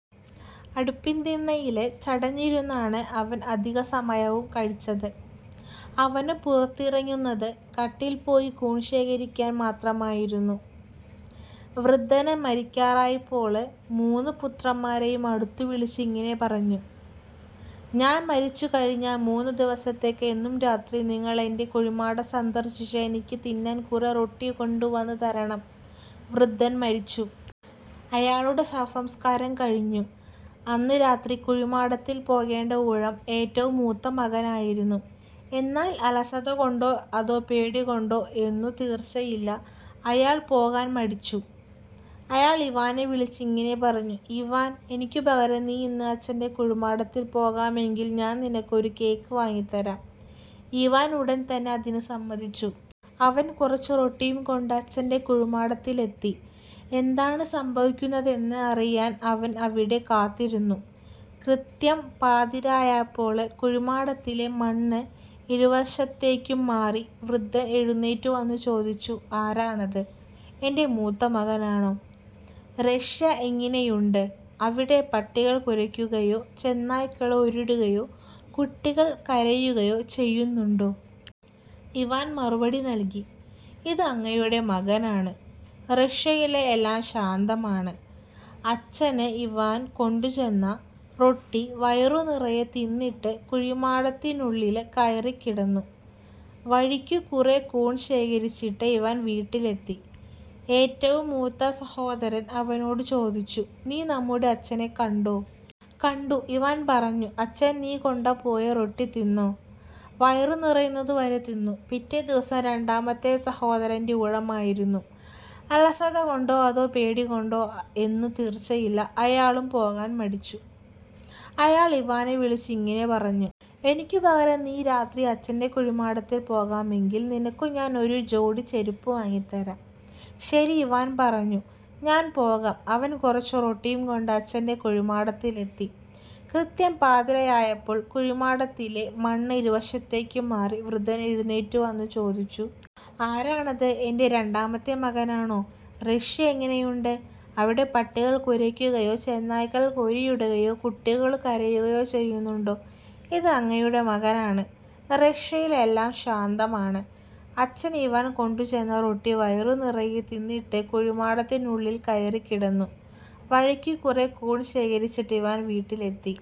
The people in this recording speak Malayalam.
അടുപ്പിന്തിണ്ണയില് ചടഞ്ഞിരുന്നാണ് അവന് അധിക സമയവും കഴിച്ചത്. അവന് പുറത്തിറങ്ങുന്നത് കാട്ടില്പ്പോയി കൂണ് ശേഖരിക്കാന് മാത്രമായിരുന്നു. വൃദ്ധന് മരിക്കാരായപ്പോള് മൂന്നു പുത്രന്മാരെയും അടുത്ത് വിളിച്ച് ഇങ്ങിനെ പറഞ്ഞു. "ഞാന് മരിച്ചു കഴിഞ്ഞാല് മൂന്നു ദിവസത്തേയ്ക്ക് എന്നും രാത്രി നിങ്ങള് എന്റെ കുഴിമാടം സന്ദര്ശിച്ച് എനിക്കു തിന്നാന് കുറെ റൊട്ടി കൊണ്ടുവന്നു തരണം" വൃദ്ധന് മരിച്ചു. അയാളുടെ ശവസംസ്കാരം കഴിഞ്ഞു. അന്ന് രാത്രി കുഴിമാടത്തില് പോകേണ്ട ഊഴം ഏറ്റവും മൂത്ത മകനായിരുന്നു. എന്നാല് അലസത കൊണ്ടോ അതോ പേടി കൊണ്ടോ എന്നു തീര്ച്ചയില്ല, അയാള് പോകാന് മടിച്ചു. അയാള് ഇവാനെ വിളിച്ച് ഇങ്ങിനെ പറഞ്ഞു. "ഇവാന്, എനിക്കു പകരം നീ ഇന്ന് അച്ഛന്റെ കുഴിമാടത്തില് പോകാമെങ്കില് നിനക്കു ഞാന് ഒരു കേക്ക് വാങ്ങിത്തരാം" ഇവാന് ഉടന് തന്നെ അതിന് സമ്മതിച്ചു. അവന് കുറച്ചു റൊട്ടിയും കൊണ്ട് അച്ഛന്റെ കുഴിമാടത്തിലെത്തി. എന്താണ് സംഭവിക്കുന്നതെന്ന് അറിയാന് അവന് അവിടെ കാത്തിരുന്നു. കൃത്യം പാതിരായായപ്പോള് കുഴിമാടത്തിലെ മണ്ണ് ഇരുവശത്തേയ്ക്കും മാറി. വൃദ്ധന് എഴുന്നേറ്റ് വന്ന് ചോദിച്ചു. "ആരാണത്? എന്റെ മൂത്തമകനാണോ? റഷ്യ എങ്ങിനെയുണ്ട്? അവിടെ പട്ടികള് കുരയ്ക്കുകയോ, ചെന്നായ്ക്കള് ഓരിയിടുകയോ, കുട്ടികള് കരയുകയോ ചെയ്യുന്നുണ്ടോ? " ഇവാന് മറുപടി പറഞ്ഞു. "ഇത് അങ്ങയുടെ മകനാണ്. റഷ്യയില് എല്ലാം ശാന്തമാണ്" അച്ഛന്, ഇവാന് കൊണ്ടുചെന്ന റൊട്ടി വയറു നിറയെ തിന്നിട്ട് കുഴിമാടത്തിനുള്ളില് കയറി കിടന്നു. വഴിക്കു കുറെ കൂണ് ശേഖരിച്ചിട്ട് ഇവാന് വീട്ടിലെത്തി. ഏറ്റവും മൂത്ത സഹോദരന് അവനോടു ചോദിച്ചു. "നീ നമ്മുടെ അച്ഛനെ കണ്ടോ? " "കണ്ടു" ഇവാന് പറഞ്ഞു. "അച്ഛന് നീ കൊണ്ട് പോയ റൊട്ടി തിന്നോ? " "വയറ് നിറയുന്നത് വരെ തിന്നു" പിറ്റേദിവസം രണ്ടാമത്തെ സഹോദരന്റെ ഊഴമായിരുന്നു. അലസത കൊണ്ടോ അതോ പേടി കൊണ്ടോ എന്നു തീര്ച്ചയില്ല, അയാളും പോകാന് മടിച്ചു. അയാള് ഇവാനെ വിളിച്ച് ഇങ്ങിനെ പറഞ്ഞു. "എനിക്കു പകരം നീ ഇന്ന് രാത്രി അച്ഛന്റെ കുഴിമാടത്തില് പോകാമെങ്കില് നിനക്കു ഞാന് ഒരു ജോഡി ചെരുപ്പ് വാങ്ങിത്തരാം" "ശരി," ഇവാന് പറഞ്ഞു. "ഞാന് പോകാം. " അവന് കുറച്ചു റൊട്ടിയും കൊണ്ട് അച്ഛന്റെ കുഴിമാടത്തിലെത്തി. കൃത്യം പാതിരായായപ്പോള് കുഴിമാടത്തിലെ മണ്ണ് ഇരുവശത്തേയ്ക്കും മാറി. വൃദ്ധന് എഴുന്നേറ്റ് വന്ന് ചോദിച്ചു. "ആരാണത്? എന്റെ രണ്ടാമത്തെ മകനാണോ? റഷ്യ എങ്ങിനെയുണ്ട്? അവിടെ പട്ടികള് കുരയ്ക്കുകയോ, ചെന്നായ്ക്കള് ഓരിയിടുകയോ, കുട്ടികള് കരയുകയോ ചെയ്യുന്നുണ്ടോ? " "ഇത് അങ്ങയുടെ മകനാണ്. റഷ്യയില് എല്ലാം ശാന്തമാണ്" അച്ഛന്, ഇവാന് കൊണ്ടുചെന്ന റൊട്ടി വയറു നിറയെ തിന്നിട്ട് കുഴിമാടത്തിനുള്ളില് കയറി കിടന്നു. വഴിക്കു കുറെ കൂണ് ശേഖരിച്ചിട്ട് ഇവാന് വീട്ടിലെത്തി.